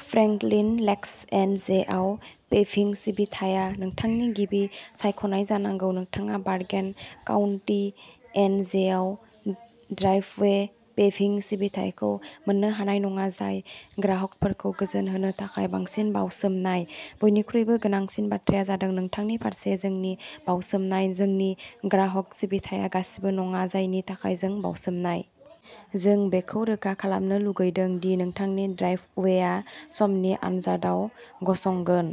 Franklin Lakes N J आव पेभिं सिबिथाया नोंथांनि गिबि सायख'नाय जानांगौ। नोंथाङा बार्गेन काउन्टि एन जे आव ड्राइभवे पेभिं सिबिथाइखौ मोननो हानाय नङा, जाय ग्राहकफोरखौ गोजोन होनो थाखाय बांसिन बावसोमनाय। बयनिख्रुइबो गोनांसिन बाथ्राया जादों नोंथांनि फारसे जोंनि बाउसोमनाय, जोंनि ग्राहक सिबिथाया गासिबो नङा, जायनि थाखाय जों बावसोमनाय। जों बेखौ रोखा खालामनो लुगैदों दि नोंथांनि ड्राइभवेआ समनि आन्जादआव गसंगोन।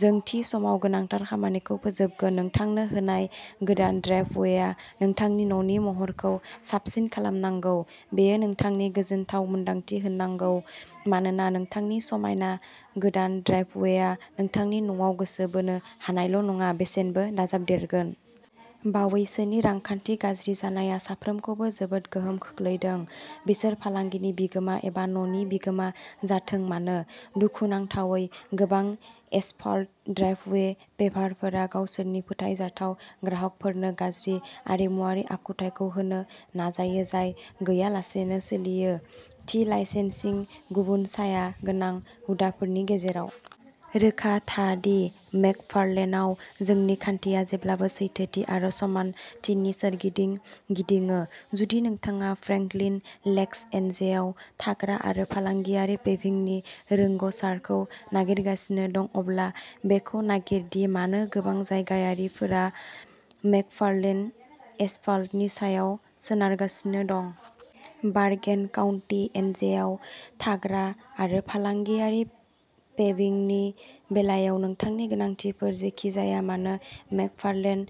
जों थि समाव गोनांथार खामानिखौ फोजोबगोन। नोंथांनो होनाय गोदान ड्राइभवेआ नोंथांनि न'नि महरखौ साबसिन खालामनांगौ। बेयो नोंथांनो गोजोनथाव मोन्दांथि होनांगौ मानोना नोंथांनि समायना गोदान ड्राइभवेआ नोंथांनि न'आव गोसो बोनो हानायल' नङा, बेसेनबो दाजाबदेरगोन। बावैसोनि रांखान्थि गाज्रि जानाया साफ्रोमखौबो जोबोद गोहोम खोख्लैदों, बिसोर फालांगिनि बिगोमा एबा न'नि बिगोमा जाथों मानो। दुखुनांथावै, गोबां एसफाल्ट ड्राइभवे पेभारफोरा गावसोरनि फोथायजाथाव ग्राहकफोरनो गाज्रि आरिमुआरि आखुथाइखौ होनो नाजायो, जाय गैयालासेनो सोलियो। थि लाइसेन्सिं, गुबुन साया गोनां हुदाफोरनि गेजेराव। रोखा था दि मेकफार्लेनआव, जोंनि खान्थिया जेब्लाबो सैथोथि आरो समानथिनि सोरगिदिं गिदिङो। जुदि नोंथाङा फ्रेंकलिन लेक्स एनजेआव थाग्रा आरो फालांगियारि पेभिंनि रोंग'सारखौ नागिरगासिनो दं, अब्ला बेखौ नागिर दि मानो गोबां जायगायारिफोरा मेकफार्लेन एसफाल्टनि सायाव सोनारगासिनो दं। बार्गेन काउन्टि एनजेआव थाग्रा आरो फालांगियारि पेविंगनि बेलायाव नोंथांनि गोनांथिफोर जेखि जाया मानो, मेकफार्लेन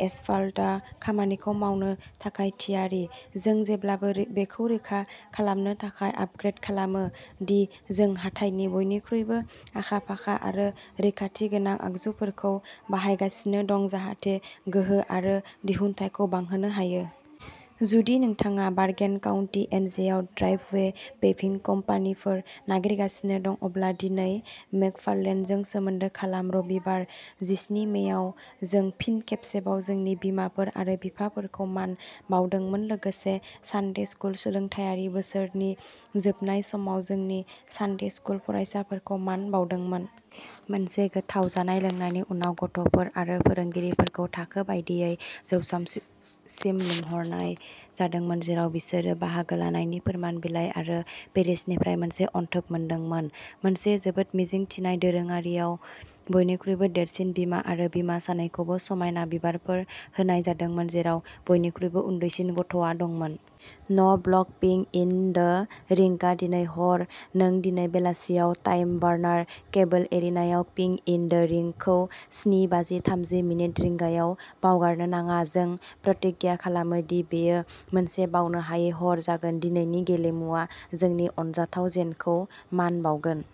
एसफाल्टआ खामानिखौ मावनो थाखाय थियारि। जों जेब्लाबो बेखौ रोखा खालामनो थाखाय आपग्रेद खालामो दि जों हाथाइनि बयनिख्रुइबो आखा-फाखा आरो रैखाथि गोनां आगजुफोरखौ बाहायगासिनो दं जाहाथे गोहो आरो दिहुनथायखौ बांहोनो हायो। जुदि नोंथाङा बार्गेन काउन्टि एन जे आव ड्राइभवे पेभिं कम्पानिफोर नागिरगासिनो दं अब्ला दिनै मेकफार्लेनजों सोमोन्दो खालाम रबिबार, जिस्नि मेआव, जों फिन खेबसेबाव जोंनि बिमाफोर आरो बिफाफोरखौ मान बावदोंमोन, लोगोसे सानडे स्कुल सोलोंथायारि बोसोरनि जोबनाय समाव जोंनि सानडे स्कुल फरायसाफोरखौ मान बावदोंमोन। मोनसे गोथाव जानाय लोंनायनि उनाव, गथ'फोर आरो फोरोंगिरिफोरखौ थाखो बायदियै जौसांसिम लिंहरनाय जादोंमोन जेराव बिसोरो बाहागो लानायनि फोरमान बिलाइ आरो पेरिशनिफ्राय मोनसे अनथोब मोनदोंमोन। मोनसे जोबोद मिजिंथिनाय दोरोङारियाव, बयनिख्रुइबो देरसिन बिमा आरो बिमा सानैखौबो समायना बिबारफोर होनाय जादोंमोन, जेराव बयनिख्रुइबो उन्दैसिन गथ'आ दंमोन। न' ब्लग पिंक इन द रिंकआ दिनै हर नों दिनै बेलासियाव टाइम वार्नार केबल एरिनाआव पिंक इन द रिंकखौ स्नि बाजि थामजि मिनिट रिंगायाव बावगारनो नाङा जों प्रतिज्ञा खालामो दि बेयो मोनसे बावनो हायै हर जागोन। दिनैनि गेलेमुआ जोंनि अनजाथाव जेनखौ मान बावगोन।